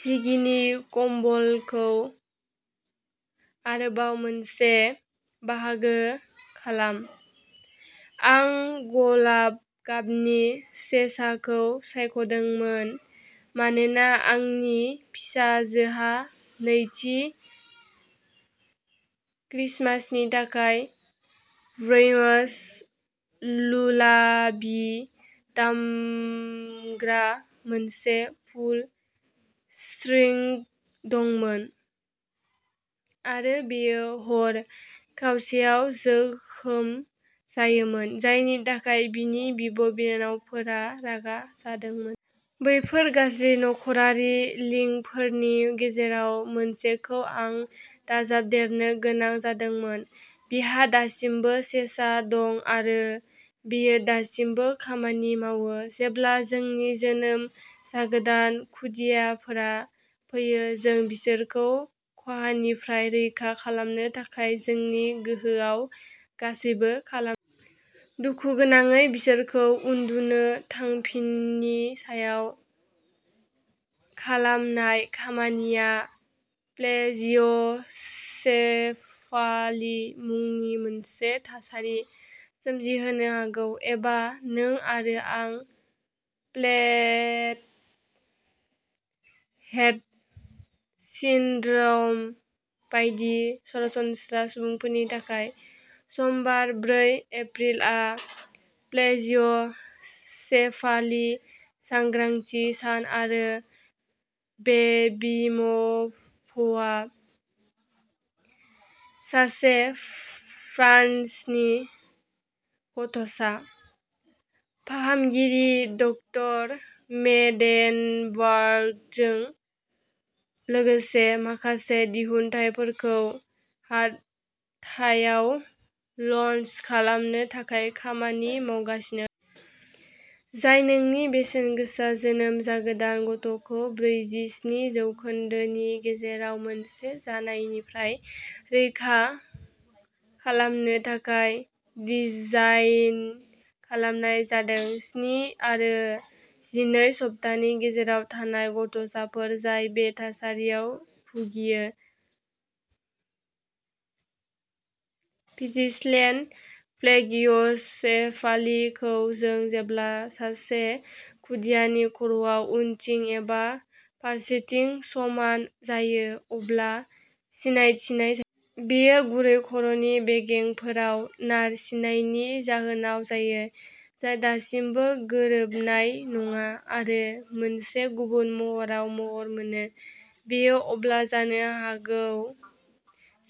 जिगिनि कम्बलखौ आरोबाव मोनसे बाहागो खालाम। आं गलाब गाबनि सेसाखौ सायख'दोंमोन। मानोना आंनि फिसाजोहा नैथि क्रिसमासनि थाखाय ब्रैबास लुलाबी दामग्रा मोनसे पुल स्ट्रिं दंमोन आरो बेयो हर खावसेयाव जोखोम जायोमोन। जायनि थाखाय बिनि बिब'- बिनानावफोरा रागा जादोंमोन। बेफोर गाज्रि नख'रारि लिंकफोरनि गेजेराव मोनसेखौ आं दाजाबदेरनो गोनां जादोंमोन। बिहा दासिमबो सेसा दं आरो बेयो दासिमबो खामानि मावो। जेब्ला जोंनि जोनोम जागोदान खुदियाफोरा फैयो, जों बिसोरखौ खहानिफ्राय रैखा खालामनो थाखाय जोंनि गोहोआव गासैबो खालामो। दुखुगोनाङै बिसोरखौ उन्दुनो थांफिननि सायाव खालामनाय खामानिया प्लेजिय'सेफाली मुंनि मोनसे थासारि सोमजिहोनो हागौ। एबा नों आरो आं फ्लेट हेड सिन्ड्रम बायदि सरासनस्रा सुबुंफोरनि थाखाय। समबार ब्रै एप्रिलआ प्लेजिय'सेफाली सांग्रांथि सान आरो बेबिम'भआ सासे फ्रान्सनि गथ'सा फाहामगिरि डक्टर मेडेनबार्गजों लोगोसे माखासे दिहुनथायफोरखौ हाथायाव ल'न्च खालामनो थाखाय खामानि मावगासिनो दं। जाय नोंनि बेसेनगोसा जोनोम जागोदान गथ'खौ ब्रैजिस्नि जौखोन्दो नि गेजेराव मोनसे जानायनिफ्राय रैखा खालामनो थाखाय डिजाइन खालामनाय जादों। स्नि आरो जिनै सप्तानि गेजेराव थानाय गथ'साफोर जाय बे थासारियाव भुगियो। पिजिशलेन प्लेगिय'सेफालि खौ जों जेब्ला सासे खुदियानि खर'आ उनथिं एबा फारसेथिं समान जायो अब्ला सिनायथिनाय जा बेयो गुरै खर'नि बेगेंफोराव नारसिननायनि जाहोनाव जायो। जाय दासिमबो गोरोबनाय नङा आरो मोनसे गुबुन महराव महर मोनो। बेयो अब्ला जानो हागौ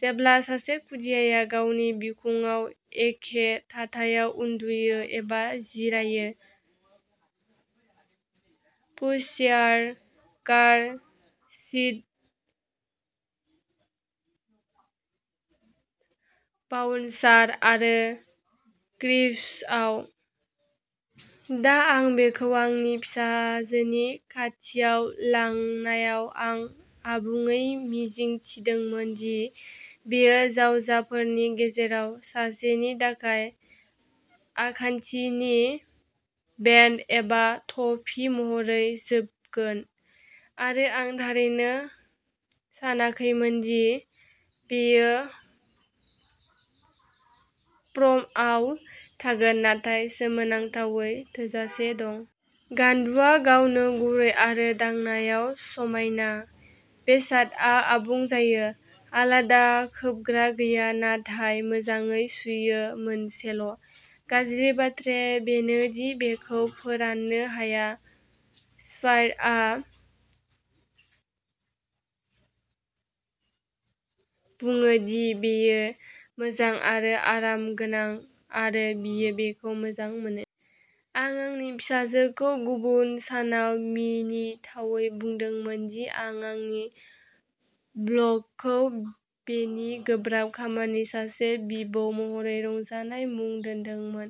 जेब्ला सासे खुदियाया गावनि बिखुंआव एखे थाथायाव उन्दुयो एबा जिरायो। पुशचेयार कार सिट बाउन्सार आरो क्रिब्सआव। दा आं बेखौ आंनि फिसाजोनि खाथियाव लांनायाव आं आबुङै मिजिंथिदोंमोन दि बेयो जावजाफोरनि गेजेराव सासेनि थाखाय आखान्थिनि बेन्ड एबा थफि महरै जोबगोन आरो आं थारैनो सानाखैमोन दि बेयो प्रमआव थागोन नाथाय सोमोनांथावै थोजासे दं। गान्दुआ गावनो गुरै आरो दांनायाव समायना। बेसादआ आबुं जायो। आलादा खोबग्रा गैया नाथाय मोजाङै सुयो मोनसेल'। गाज्रि बाथ्राया बेनो दि बेखौ फोराननो हाया। स्पाडआ बुङो दि बेयो मोजां आरो आरामगोनां आरो बियो बेखौ मोजां मोनो। आं आंनि फिसाजोखौ गुबुन सानाव मिनिथावै बुंदोंमोन दि आं आंनि ब्लगखौ बेनि गोब्राब खामानि सासे बिबौ महरै रंजानाय मुं दोन्दोंमोन।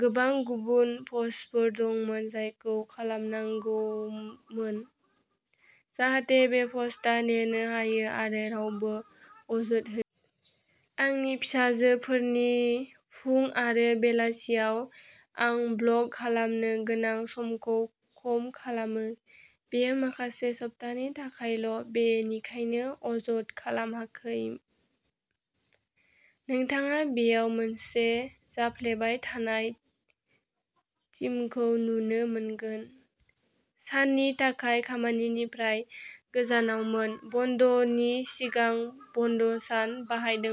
गोबां गुबुन प'स्टफोर दंमोन। जायखौ खालामनांगौमोन जाहाथे बे प'स्टआ नेनो हायो आरो रावबो अजद हो आंनि फिसाजोफोरनि फुं आरो बेलासियाव आं ब्लग खालामनो गोनां समखौ खम खालामो। बेयो माखासे सप्तानि थाखायल' बेनिखायनो अजद खालामाखै। नोंथाङा बेयाव मोनसे जाफ्लेबाय थानाय थिमखौ नुनो मोनगोन। साननि थाखाय खामानिनिफ्राय गोजानावमोन। बन्द'नि सिगां बन्द'सान बाहायदों।